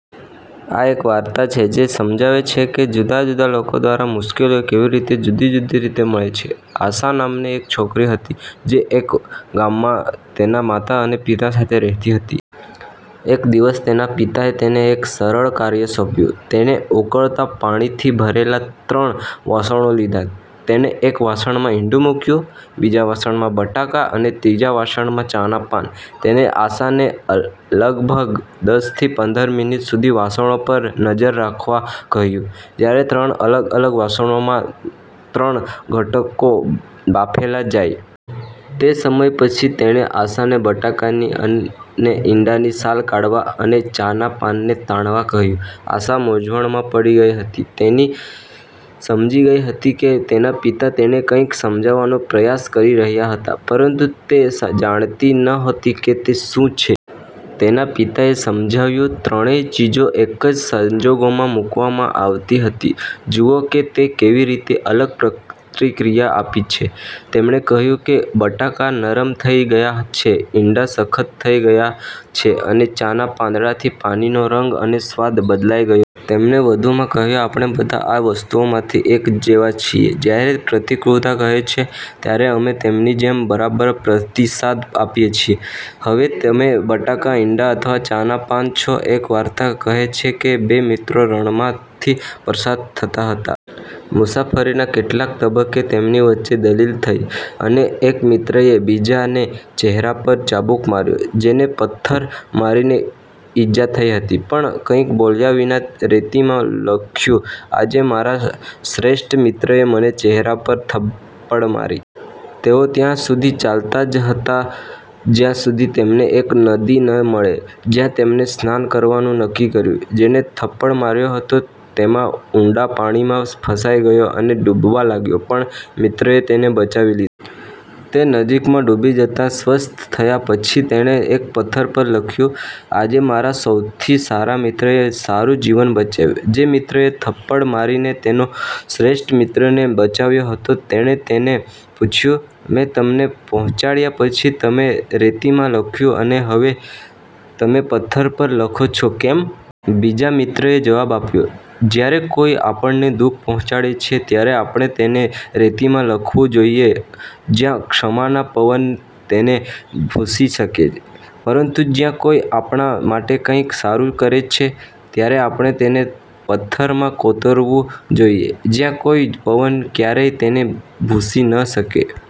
આ એક વાર્તા છે જે સમજાવે છે કે જુદા જુદા લોકો દ્વારા મુશ્કેલીઓ કેવી રીતે જુદી જુદી રીતે મળે છે. આશા નામની એક છોકરી હતી જે એક ગામમાં તેના માતા અને પિતા સાથે રહેતી હતી. એક દિવસ, તેના પિતાએ તેને એક સરળ કાર્ય સોંપ્યું. તેને ઉકળતા પાણી થી ભરેલા ત્રણ વાસણો લીધા. તેને એક વાસણમાં ઈંડુ મૂક્યું, બીજા વાસણમાં બટાકા અને ત્રીજા વાસણમાં ચાના પાન. તેને આશને લગભગ દસથી પંદર મિનિટ સુધી વાસણો પર નજર રાખવા કહ્યું, જ્યારે ત્રણ અલગ અલગ વાસણો માં ના ત્રણ ઘટકો બાફેલા જાય. તે સમય પછી, તેણે આશાને બટાકાની અને ઇંડાની છાલ કાઢવા, અને ચાના પાનને તાણવા કહ્યું. આશા મૂંઝવણમાં પડી ગઈ હતી તેણી સમજી ગઈ હતી કે તેના પિતા તેને કંઈક સમજાવવાનો પ્રયાસ કરી રહ્યા હતા, પરંતુ તે જાણતી નહોતી કે તે શું છે. તેના પિતાએ સમજાવ્યું, ત્રણેય ચીજો એક જ સંજોગોમાં મૂકવામાં આવી હતી. જુઓ કે તે કેવી રીતે અલગ પ્રતિક્રિયા આપી છે. તેમણે કહ્યું કે બટાકા નરમ થઈ ગયા છે, ઇંડા સખત થઈ ગયા છે, અને ચાના પાંદડાથી પાણીનો રંગ અને સ્વાદ બદલાઈ ગયો છે. તેમણે વધુમાં કહ્યું, આપણે બધા આ વસ્તુઓમાંથી એક જેવા છીએ. જ્યારે પ્રતિકૂળતા કહે છે, ત્યારે અમે તેમની જેમ બરાબર પ્રતિસાદ આપીએ છીએ. હવે, તમે બટાકા, ઇંડા અથવા ચાના પાન છો? એક વાર્તા કહે છે કે બે મિત્રો રણમાંથી પસાર થતા હતા. મુસાફરીના કેટલાક તબક્કે તેમની વચ્ચે દલીલ થઈ, અને એક મિત્રએ બીજા ને ચહેરા પર ચાબુક માર્યો. જેને થપ્પડ મારીને ઈજા થઈ હતી, પણ કંઈ બોલ્યા વિના રેતીમાં લખ્યું. આજે મારા શ્રેષ્ઠ મિત્રએ મને ચહેરા પર થપ્પડ મારી. તેઓ ત્યાં સુધી ચાલતા જતા હતા જ્યાં સુધી તેમને એક નદી ન મળે, જ્યાં તેમને સ્નાન કરવાનું નક્કી કર્યું. જેણે થપ્પડ માર્યો હતો તેમાં ઊંડા પાણી માં ફસાઈ ગયો અને ડૂબવા લાગ્યો, પણ મિત્રે તેને બચાવી લીધો. તે નજીકમાં ડૂબી જતા સ્વસ્થ થયા પછી, તેણે એક પથ્થર પર લખ્યું. આજે મારા સૌથી સારા મિત્રએ મારું જીવન બચાવ્યું. જે મિત્રએ થપ્પડ મારીને તેનો શ્રેષ્ઠ મિત્રને બચાવ્યો હતો તેણે તેને પૂછ્યું. મેં તમને પહોંચાડ્યા પછી તમે રેતીમાં લખ્યું અને હવે, તમે પથ્થર પર લખો છો, કેમ? બીજા મિત્રએ જવાબ આપ્યો. જ્યારે કોઈ આપણને દુખ પહોંચાડે છે ત્યારે આપણે તેને રેતીમાં લખવું જોઈએ જ્યાં ક્ષમાના પવન તેને ભૂંસી શકે. પરંતુ, જ્યારે કોઈ આપણા માટે કંઈક સારું કરે છે, ત્યારે આપણે તેને પથ્થરમાં કોતરવું જોઈએ જ્યાં કોઈ પવન ક્યારેય તેને ભૂંસી ન શકે.